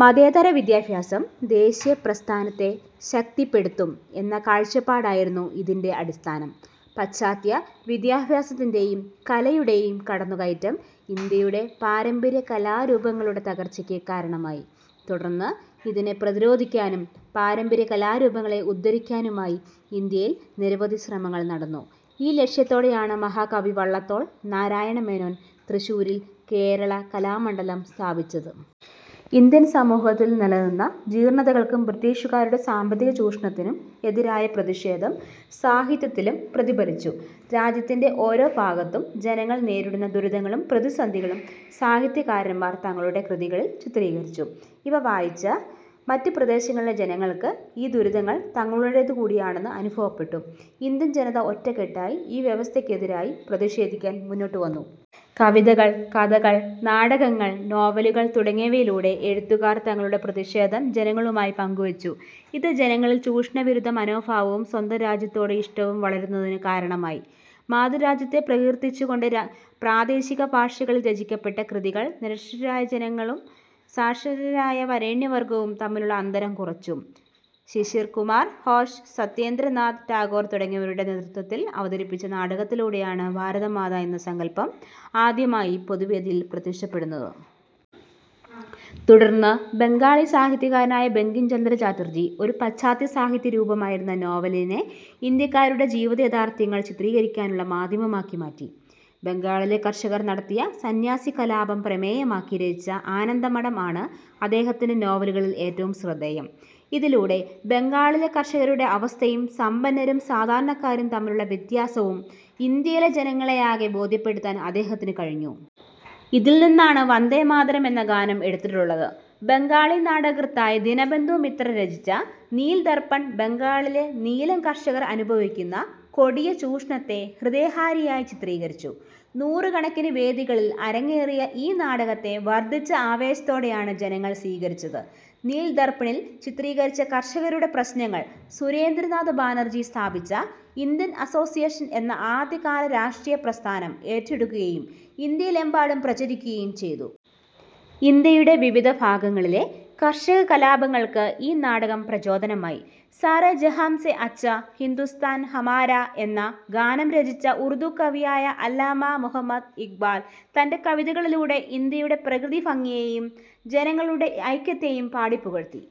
മതേതര വിദ്യാഭ്യാസം ദേശീയ പ്രസ്ഥാനത്തെ ശക്തിപ്പെടുത്തും എന്ന കാഴ്ചപ്പാടായിരുന്നു ഇതിന്റെ അടിസ്ഥാനം. പാശ്ചാത്യ വിദ്യാഭ്യാസത്തിന്റെയും കലയുടെയും കടന്നു കയറ്റം ഇന്ത്യയുടെ പാരമ്പര്യ കലാരൂപങ്ങളുടെ തകർച്ചയ്ക്ക് കാരണമായി. തുടർന്ന് ഇതിനെ പ്രതിരോധിക്കാനും പാരമ്പര്യ കലാരൂപങ്ങളെ ഉദ്ധരിക്കാനുമായി ഇന്ത്യയിൽ നിരവധി ശ്രമങ്ങൾ നടന്നു. ഈ ലക്ഷ്യത്തോടെയാണ് മഹാകവി വള്ളത്തോൾ നാരായണമേനോൻ തൃശൂരിൽ കേരള കലാമണ്ഡലം സ്ഥാപിച്ചത്. ഇന്ത്യൻ സമൂഹത്തിൽ നിലനിന്ന ജീർണതകൾക്കും ബ്രിട്ടീഷുകാരുടെ സാമ്പത്തികചൂഷണത്തിനും എതിരായ പ്രതിഷേധം സാഹിത്യത്തിലും പ്രതിഫലിച്ചു. രാജ്യത്തിന്റെ ഓരോ ഭാഗത്തും ജനങ്ങൾ നേരിടുന്ന ദുരിതങ്ങളും പ്രതിസന്ധികളും സാഹിത്യകാരന്മാർ തങ്ങളുടെ കൃതികളിൽ ചിത്രീകരിച്ചു. ഇവ വായിച്ച മറ്റു പ്രദേശങ്ങളിലെ ജനങ്ങൾക്ക് ഈ ദുരിതങ്ങൾ തങ്ങളുടേതു കൂടിയാണെന്ന് അനുഭവപ്പെട്ടു. ഇന്ത്യൻ ജനത ഒറ്റക്കെട്ടായി ഈ വ്യവസ്ഥയ്ക്കെതിരായി പ്രതിഷേധിക്കാൻ മുന്നോട്ടുവന്നു. കവിതകൾ, കഥകൾ, നാടകങ്ങൾ, നോവലുകൾ തുടങ്ങിയവയിലൂടെ എഴുത്തുകാർ തങ്ങളുടെ പ്രതിഷേധം ജനങ്ങളുമായി പങ്കുവച്ചു. ഇത് ജനങ്ങളിൽ ചൂഷണവിരുദ്ധ മനോഭാവവും സ്വന്തം രാജ്യത്തോട് ഇഷ്ടവും വളരുന്നതിന് കാരണമായി. മാതൃരാജ്യത്തെ പ്രകീർത്തിച്ചുകൊണ്ട് പ്രാദേശികഭാഷകളിൽ രചിക്കപ്പെട്ട കൃതികൾ നിരക്ഷരരായ ജനങ്ങളും സാക്ഷരരായ വരേണ്യവർഗവും തമ്മിലുള്ള അന്തരം കുറച്ചു. ശിശിർകുമാർ ഘോഷ്, സത്യേന്ദ്രനാഥ് ടാഗോർ തുടങ്ങിയവരുടെ നേതൃത്വത്തിൽ അവതരിപ്പിച്ച നാടകത്തിലൂടെയാണ് ഭാരതമാതാ എന്ന സങ്കൽപ്പം ആദ്യമായി പൊതുവേദിയിൽ പ്രത്യക്ഷപ്പെടുന്നത്. തുടർന്ന് ബംഗാളി സാഹിത്യകാരനായ ബങ്കിം ചന്ദ്ര ചാറ്റർജി ഒരു പാശ്ചാത്യസാഹിത്യ രൂപമായിരുന്ന നോവലിനെ ഇന്ത്യക്കാരുടെ ജീവിതയാഥാർഥ്യങ്ങൾ ചിത്രീകരിക്കാനുള്ള മാധ്യമമാക്കി മാറ്റി. ബംഗാളിലെ കർഷകർ നടത്തിയ സന്ന്യാസി കലാപം പ്രമേയമാക്കി രചിച്ച ആനന്ദമഠം ആണ് അദ്ദേഹത്തിന്റെ നോവലുകളിൽ ഏറ്റവും ശ്രദ്ധേയം. ഇതിലൂടെ ബംഗാളിലെ കർഷകരുടെ അവസ്ഥയും സമ്പന്നരും സാധാരണക്കാരും തമ്മിലുള്ള വ്യത്യാസവും ഇന്ത്യയിലെ ജനങ്ങളെയാകെ ബോധ്യപ്പെടുത്താൻ അദ്ദേഹത്തിനു കഴിഞ്ഞു. ഇതിൽ നിന്നാണ് വന്ദേമാതരം എന്ന ഗാനം എടുത്തിട്ടുള്ളത്. ബംഗാളി നാടകകൃത്തായ ദിനബന്ധു മിത്ര രചിച്ച നീൽ ദർപ്പൺ ബംഗാളിലെ നീലം കർഷകർ അനുഭവിക്കുന്ന കൊടിയ ചൂഷണത്തെ ഹൃദയഹാരിയായി ചിത്രീകരിച്ചു. നൂറുകണക്കിന് വേദികളിൽ അരങ്ങേറിയ ഈ നാടകത്തെ വർധിച്ച ആവേശത്തോടെയാണ് ജനങ്ങൾ സ്വീകരിച്ചത്. നീൽ ദർപ്പണി'ൽ ചിത്രീകരിച്ച കർഷകരുടെ പ്രശ്നങ്ങൾ സുരേന്ദ്രനാഥ ബാനർജി സ്ഥാപിച്ച ഇന്ത്യൻ അസോസിയേഷൻ എന്ന ആദ്യ കാല രാഷ്ട്രീയപ്രസ്ഥാനം ഏറ്റെടുക്കുകയും ഇന്ത്യയിലെമ്പാടും പ്രചരിപ്പിക്കുകയും ചെയ്തു. ഇന്ത്യയുടെ വിവിധ ഭാഗങ്ങളിലെ കർഷകകലാപങ്ങൾക്ക് ഈ നാടകം പ്രചോദനമായി. സാരേ ജഹാം സേ അച്ഛാ, ഹിന്ദുസ്ഥാൻ ഹമാരാ എന്ന ഗാനം രചിച്ച ഉർദു കവിയായ അല്ലാമാ മുഹമ്മദ് ഇഖ്ബാൽ തന്റെ കവിതകളിലൂടെ ഇന്ത്യയുടെ പ്രകൃതിഭംഗിയെയും ജനങ്ങളുടെ ഐക്യത്തെയും പാടിപ്പുകഴ്ത്തി.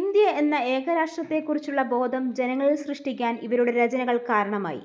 ഇന്ത്യ എന്ന ഏകരാഷ്ട്രത്തെക്കുറിച്ചുള്ള ബോധം ജനങ്ങളിൽ സൃഷ്ടിക്കാൻ ഇവരുടെ രചനകൾ കാരണമായി.